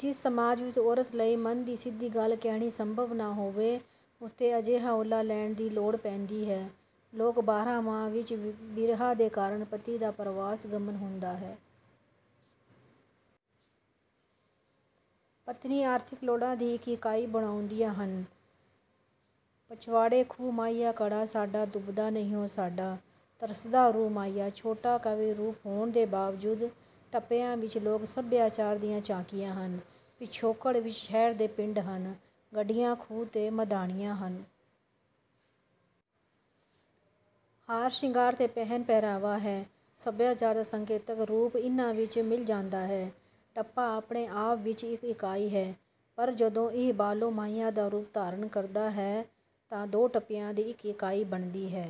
ਜਿਸ ਸਮਾਜ ਵਿਚ ਔਰਤ ਲਈ ਮਨ ਦੀ ਸਿੱਧੀ ਗੱਲ ਕੇਹਣੀ ਸੰਭਵ ਨਾ ਹੋਵੇ ਉਥੇ ਅਜਿਹਾ ਓਹਲਾ ਲੈਣ ਦੀ ਲੋੜ ਪੈਂਦੀ ਹੈ। ਲੋਕ ਬਰਾਂਮਾਹਾਂ ਵਿਚ ਬਿਰਹਾ ਦੇ ਕਾਰਣ, ਪਤੀ ਦਾ ਪਰਵਾਸ ਗਮਨ ਹੁੰਦਾ ਹੈ। ਪਤਨੀ ਆਰਥਿਕ ਲੋੜਾਂ ਦੀ ਇਕ ਇਕਾਈ ਬਣਾਉਦੀਆਂ ਹਨ। ਪਛਵਾੜੇ ਖੂਹ ਮਾਹੀਆ, ਘੜਾ ਸਾਡਾ ਡੁੱਬਦਾ ਨਹੀਉਂ, ਸਾਡਾ ਤਰਸਦਾ ਰੂਹ ਮਾਹੀਆ। ਛੋਟਾ ਕਾਵਿ ਰੂਪ ਹੋਣ ਦੇ ਬਾਵਜੂਦ ਟੱਪਿਆਂ ਵਿਚ ਲੋਕ ਸਭਿਆਚਾਰ ਦੀਆਂ ਝਾਕੀਆਂ ਹਨ। ਪਿਛੋਕੜ ਵਿਚ ਸ਼ਹਿਰ ਤੇ ਪਿੰਡ ਹਨ, ਗੱਡੀਆਂ, ਖੂਹ ਤੇ ਮਧਾਣੀਆਂ ਹਨ। ਹਾਰ ਸ਼ਿੰਗਾਰ ਤੇ ਪਹਿਨ ਪਹਿਰਾਵਾ ਹੈ| ਸਭਿਆਚਾਰ ਦਾ ਸੰਕੇਤਕ ਰੂਪ ਇਨ੍ਹਾਂ ਵਿਚ ਮਿਲ ਜਾਂਦਾ ਹੈ। ਟੱਪਾ ਆਪਣੇ ਆਪ ਵਿਚ ਇਕ ਇਕਾਈ ਹੈ। ਪਰ ਜਦੋਂ ਇਹ ਬਾਲੋ ਮਾਹੀਆ ਦਾ ਰੂਪ ਧਾਰਣ ਕਰਦਾ ਹੈ ਤਾਂ ਦੋ ਟੱਪਿਆਂ ਦੀ ਇਕ ਇਕਾਈ ਬਣਦੀ ਹੈ।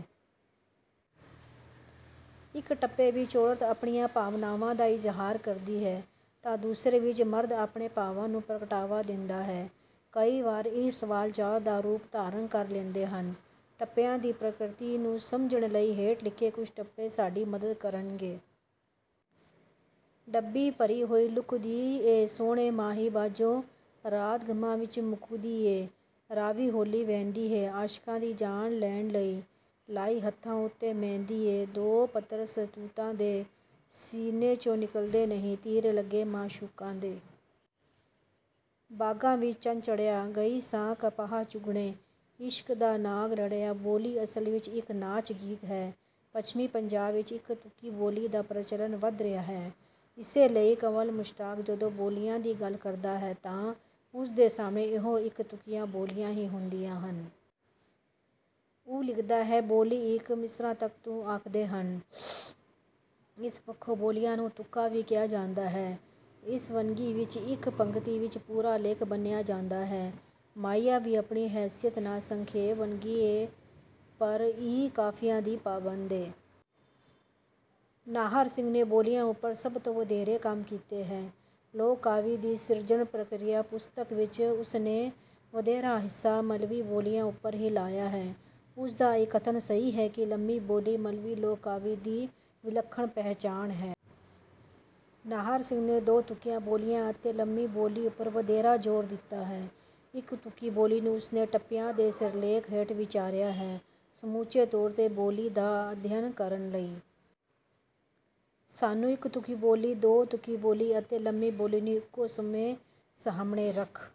ਇਕ ਟੱਪੇ ਵਿਚ ਔਰਤ ਆਪਣੀਆਂ ਭਾਵਨਾਵਾਂ ਦਾ ਇਜ਼ਹਾਰ ਕਰਦੀ ਹੈ ਤਾਂ ਦੂਸਰੇ ਵਿਚ ਮਰਦ ਆਪਣੇ ਭਾਵਾਂ ਨੂੰ ਪ੍ਰਗਟਾਵਾ ਦਿੰਦਾ ਹੈ। ਕਈ ਵਾਰ ਇਹ ਸਵਾਲ ਜਵਾਬ ਦਾ ਰੂਪ ਧਾਰਣ ਕਰ ਲੈਂਦੇ ਹਨ। ਟੱਪਿਆਂ ਦੀ ਪ੍ਰਕਿਰਤੀ ਨੂੰ ਸਮਝਣ ਲਈ ਹੇਠ ਲਿਖੇ ਕੁਝ ਟੱਪੇ ਸਾਡੀ ਮਦਦ ਕਰਨਗੇ। ਡੱਬੀ ਭਰੀ ਹੋਈ ਲੁੱਕ ਦੀ ਏ, ਸ੍ਹੋਣੇ ਮਾਹੀ ਬਾਝੋਂ ਰਾਤ ਗ਼ਮਾਂ ਵਿਚ ਮੁੱਕਦੀ ਏ। ਰਾਵੀ ਹੌਲ਼ੀ ਵਹਿੰਦੀ ਏ, ਆਸ਼ਕਾਂ ਦੀ ਜਾਨ ਲੈਣ ਲਈ, ਲਾਈ ਹੱਥਾਂ ਉੱਤੇ ਮਹਿੰਦੀ ਏ। ਦੋ ਪੱਤਰ ਸ਼ਤੂਤਾਂ ਦੇ, ਸੀਨੇ ਚੋਂ ਨਿਕਲਦੇ ਨਹੀਂ, ਤੀਰ ਲੱਗੇ ਮਾਸ਼ੂਕਾਂ ਦੇ। ਬਾਗਾਂ ਵਿਚ ਚੰਦ ਚੜ੍ਹਿਆ, ਗਈ ਸਾਂ ਕਪਾਹ ਚੁੱਗਣੇ, ਇਸ਼ਕ ਦਾ ਨਾਗ ਲੜਿਆ। ਬੋਲੀ ਅਸਲ ਵਿਚ ਇਕ ਨਾਚ ਗੀਤ ਹੈ। ਪੱਛਮੀ ਪੰਜਾਬ ਵਿਚ ਇਕ ਤੁਕੀ ਬੋਲੀ ਦਾ ਪ੍ਰਚਲਨ ਵਧ ਰਿਹਾ ਹੈ। ਇਸੇ ਲਈ ਕੰਵਲ ਮੁਸ਼ਤਾਕ ਜਦੋਂ ਬੋਲੀਆਂ ਦੀ ਗੱਲ ਕਰਦਾ ਹੈ ਤਾਂ ਉਸਦੇ ਸਾਹਮਣੇ ਇਹੋ ਇਕ ਤੁਕੀਆਂ ਬੋਲੀਆਂ ਹੀ ਹੁੰਦੀਆਂ ਹਨ। ਉਹ ਲਿਖਦਾ ਹੈ, ਬੋਲੀ ਇਕ ਮਿਸਰਾ ਤਕ ਨੂੰ ਆਖਦੇ ਹਨ। ਇਸ ਪੱਖੋਂ ਬੋਲੀਆਂ ਨੂੰ ਤੁਕਾਂ ਵੀ ਕਿਹਾ ਜਾਂਦਾ ਹੈ। ਇਸ ਵੰਨਗੀ ਵਿਚ, ਇਕ ਪੰਕਤੀ ਵਿਚ ਪੂਰਾ ਲੇਖ ਬੰਨ੍ਹਿਆਂ ਜਾਂਦਾ ਹੈ। ਮਾਹੀਆ ਵੀ ਆਪਣੀ ਹੈਸੀਅਤ ਨਾਲ ਸੰਖੇਪ ਵੰਨਗੀ ਏ ਪਰ ਇਹ ਕਾਫ਼ੀਆ ਦੀ ਪਾਬੰਦ ਏ। ਨਾਹਰ ਸਿੰਘ ਨੇ ਬੋਲੀਆਂ ਉਪਰ ਸਭ ਤੋਂ ਵਧੇਰੇ ਕੰਮ ਕੀਤੇ ਹੈ। ਲੋਕ ਕਾਵਿ ਦੀ ਸਿਰਜਣ ਪ੍ਰਕਿਰਿਆ ਪੁਸਤਕ ਵਿਚ ਉਸਨੇ ਵਧੇਰਾ ਹਿੱਸਾ ਮਲਵਈ ਬੋਲੀਆਂ ਉਪਰ ਹੀ ਲਾਇਆ ਹੈ। ਉਸਦਾ ਇਹ ਕਥਨ ਸਹੀ ਹੈ ਕਿ ਲੰਮੀ ਬੋਲੀ ਮਲਵਈ ਲੋਕ ਕਾਵਿ ਦੀ ਵਿਲੱਖਣ ਪਹਿਚਾਨ ਹੈ। ਨਾਹਰ ਸਿੰਘ ਨੇ ਦੋ ਤੁਕੀਆਂ ਬੋਲੀਆਂ ਅਤੇ ਲੰਮੀ ਬੋਲੀ ਉਪਰ ਵਧੇਰਾ ਜ਼ੋਰ ਦਿੱਤਾ ਹੈ। ਇਕ ਤੁਕੀ ਬੋਲੀ ਨੂੰ ਉਸਨੇ ਟੱਪਿਆਂ ਦੇ ਸਿਰਲੇਖ ਹੇਠ ਵਿਚਾਰਿਆ ਹੈ। ਸਮੁੱਚੇ ਤੌਰ ਤੇ ਬੋਲੀ ਦਾ ਅਧਿਐਨ ਕਰਨ ਲਈ ਸਾਨੂੰ ਇਕ ਤੁਕੀ ਬੋਲੀ, ਦੋ ਤੁਕੀ ਬੋਲੀ ਅਤੇ ਲੰਮੀ ਬੋਲੀ ਨੂੰ ਇਕੋ ਸਮੇਂ ਸਾਹਮਣੇ ਰੱਖ